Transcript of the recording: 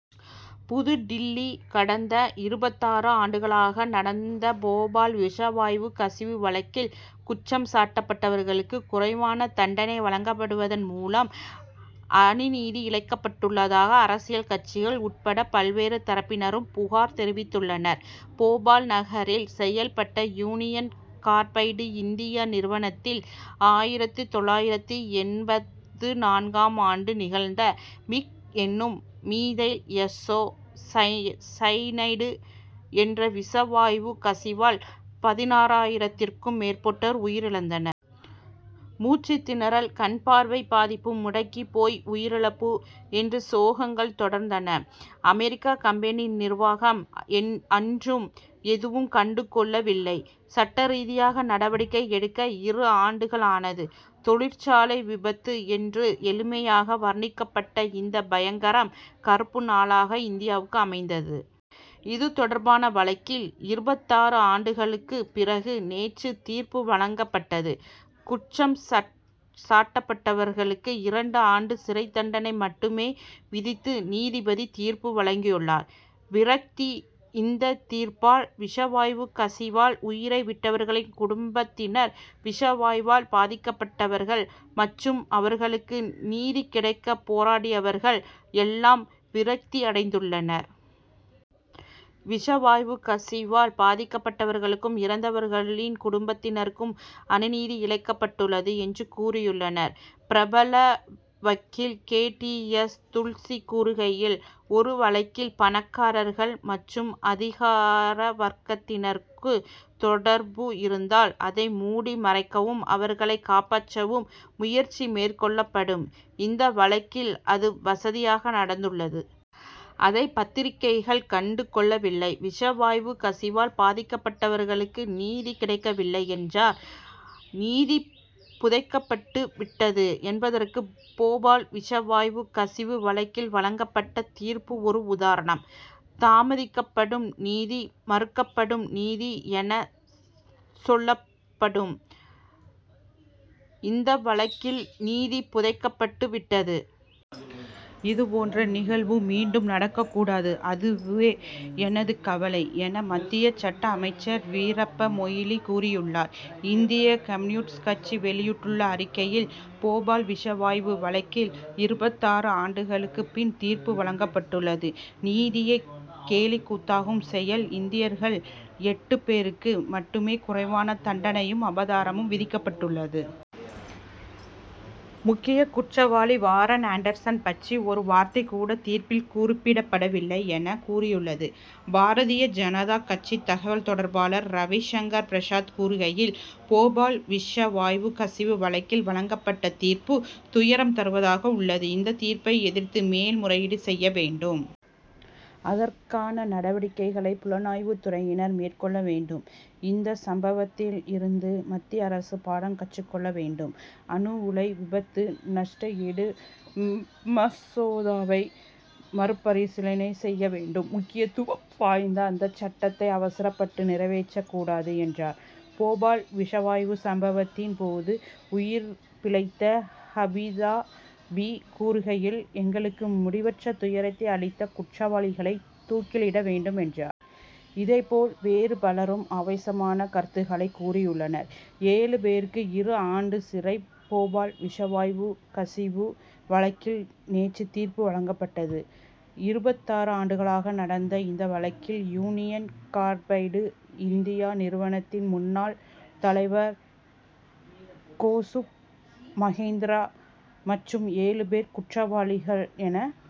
புதுடில்லி கடந்த இருபத்தாறு ஆண்டுகளாக நடந்தபோபால் விஷவாயு கசிவு வழக்கில், குற்றம் சாட்டப்பட்டவர்களுக்கு குறைவான தண்டனை வழங்கப்படுவதன் மூலம் அநீதி இழைக்கப் பட்டுள்ளதாக அரசியல் கட்சிகள் உட்பட பல்வேறு தரப்பினரும் புகார் தெரிவித்துள்ளனர். போபால் நகரில் செயல் பட்ட யூனியன் கார்பைடு இந்தியா நிறுவனத்தில், ஆயிரத்து தொள்ளாயிரத்து எண்பத்து நான்காம் ஆண்டு நிகழ்ந்த, மிக் என்னும் மிதைல் ஐசோ சயனைடு என்ற விஷவாயு கசிவால், பதினாராயிரத்திற்கும் மேற்பட்டோர் உயிரிழந்தனர். மூச்சுத்திணறல், கண் பார்வை பாதிப்பு, முடக்கிப் போய் உயிர்இழப்பு என்று சோகங்கள் தொடர்ந்தன. அமெரிக்க கம்பெனி நிர்வாகம் அன்றும் எதுவும் கண்டு கொள்ளவில்லை. சட்டரீதியாக நடவடிக்கை எடுக்க இரு ஆண்டுகள் ஆனது. தொழிற்சாலை விபத்து என்று எளிமையாக வர்ணிக்கப்பட்ட இந்த பயங்கரம், கறுப்பு நாளாக இந்தியாவுக்கு அமைந்தது. இதுதொடர்பான வழக்கில் இருபத்தாறு ஆண்டுகளுக்கு பிறகு நேற்று தீர்ப்பு வழங்கப் பட்டது. குற்றம் சாட்டப் பட்டவர்களுக்கு இரண்டு ஆண்டு சிறைத் தண்டனை மட்டுமே விதித்து நீதிபதி தீர்ப்பு வழங்கியுள்ளார். விரக்தி இந்த தீர்ப்பால், விஷவாயு கசிவால் உயிரை விட்டவர்களின் குடும்பத் தினர், விஷவாயுவால் பாதிக்கப்பட்டவர்கள் மற்றும் அவர்களுக்கு நீதி கிடைக்க போராடியவர்கள் எல்லாம் விரக்தி அடைந்துள்ளனர். விஷவாயு கசிவால் பாதிக்கப் பட்டவர்களுக்கும், இறந்தவர்களின் குடும்பத்தினற்கும் அநீதிஇழைக்கப் பட்டுள்ளது என்று கூறியுள்ளனர். பிரபலவக்கீல் கே. டி. எஸ். துல்சி கூறுகையில், ஒரு வழக்கில் பணக்காரர்கள் மற்றும் அதிகார வர்க்கத்தினருக்கு தொடர்பு இருந்தால், அதை மூடி மறைக்கவும், அவர்களை காப்பாற்றவும் முயற்சி மேற்கொள்ளப்படும். இந்த வழக்கில் அது வசதியாக நடந்துள்ளது. அதைப் பத்திரிகைகள் கண்டு கொள்ளவில்லை. விஷவாயு கசிவால் பாதிக்கப்பட்டவர்களுக்கு நீதி கிடைக்கவில்லை என்றார். நீதி புதைக்கப்பட்டு விட்டது என்பதற்கு போபால் விஷவாயு கசிவு வழக்கில் வழங்கப்பட்ட தீர்ப்பு ஒரு உதாரணம். தாமதிக்கப்படும் நீதி, மறுக்கப்படும் நீதி என, சொல்லப்படும். இந்த வழக்கில் நீதி புதைக்கப் பட்டு விட்டது. இதுபோன்ற நிகழ்வு மீண்டும் நடக்கக் கூடாது. அதுவே எனது கவலை என, மத்திய சட்ட அமைச்சர் வீரப்ப மொய்லி கூறியுள்ளார். இந்திய கம்யூனிஸ்ட் கட்சி வெளியிட்டுள்ள அறிக்கையில், போபால் விஷவாயு வழக்கில் இருபத்தாறு ஆண்டுகளுக்குப் பின் தீர்ப்புவழங்கப் பட்டுள்ளது நீதியை கேலிக் கூத்தாக்கும் செயல். இந்தியர்கள் எட்டு பேருக்கு மட்டுமே குறைவான தண்டனையும், அபராதமும் விதிக்கப்பட்டுள்ளது. முக்கிய குற்றவாளி வாரன் ஆண்டர்சன் பற்றி ஒரு வார்த்தை கூட தீர்ப்பில் குறிப்பிடப்படவில்லை என, கூறியுள்ளது. பாரதிய ஜனதா கட்சி தகவல் தொடர்பாளர் ரவிசங்கர் பிரசாத் கூறுகையில், போபால் விஷவாயு கசிவு வழக்கில் வழங்கப்பட்ட தீர்ப்பு துயரம் தருவதாக உள்ளது. இந்தத் தீர்ப்பை எதிர்த்து மேல் முறையீடு செய்ய வேண்டும். அதற்கான நடவடிக்கைகளை புலனாய்வுத் துறையினர் மேற்கொள்ள வேண்டும். இந்த சம்பவத்தில் இருந்து மத்திய அரசு பாடம் கற்றுக் கொள்ள வேண்டும். அணு உலை விபத்து நஷ்டஈடு மசோதாவை மறுபரிசீலனை செய்ய வேண்டும். முக்கியத்துவம் வாய்ந்த அந்தச் சட்டத்தை அவசரப்பட்டு நிறைவேற்றக் கூடாது என்றார். போபால் விஷவாயு சம்பவத்தின் போது, உயிர் பிழைத்த ஹமீதா பீ கூறுகையில், எங்களுக்கு முடிவற்ற துயரத்தை அளித்த குற்றவாளிகளை தூக்கிலிட வேண்டும் என்றார். இதேபோல், வேறு பலரும் அவேசமான கருத்துக்களைக் கூறியுள்ளனர். ஏழு பேருக்கு இரு ஆண்டு சிறை போபால் விஷவாயு கசிவு வழக்கில் நேற்று தீர்ப்பு வழங்கப்பட்டது. இருபத்தாறு ஆண்டுகளாக நடந்த இந்த வழக்கில், யூனியன் கார்பைடு இந்தியா நிறுவனத்தின் முன்னாள் தலைவர் கோசுப் மகேந்திரா மற்றும் ஏழு பேர் குற்றவாளிகள் என,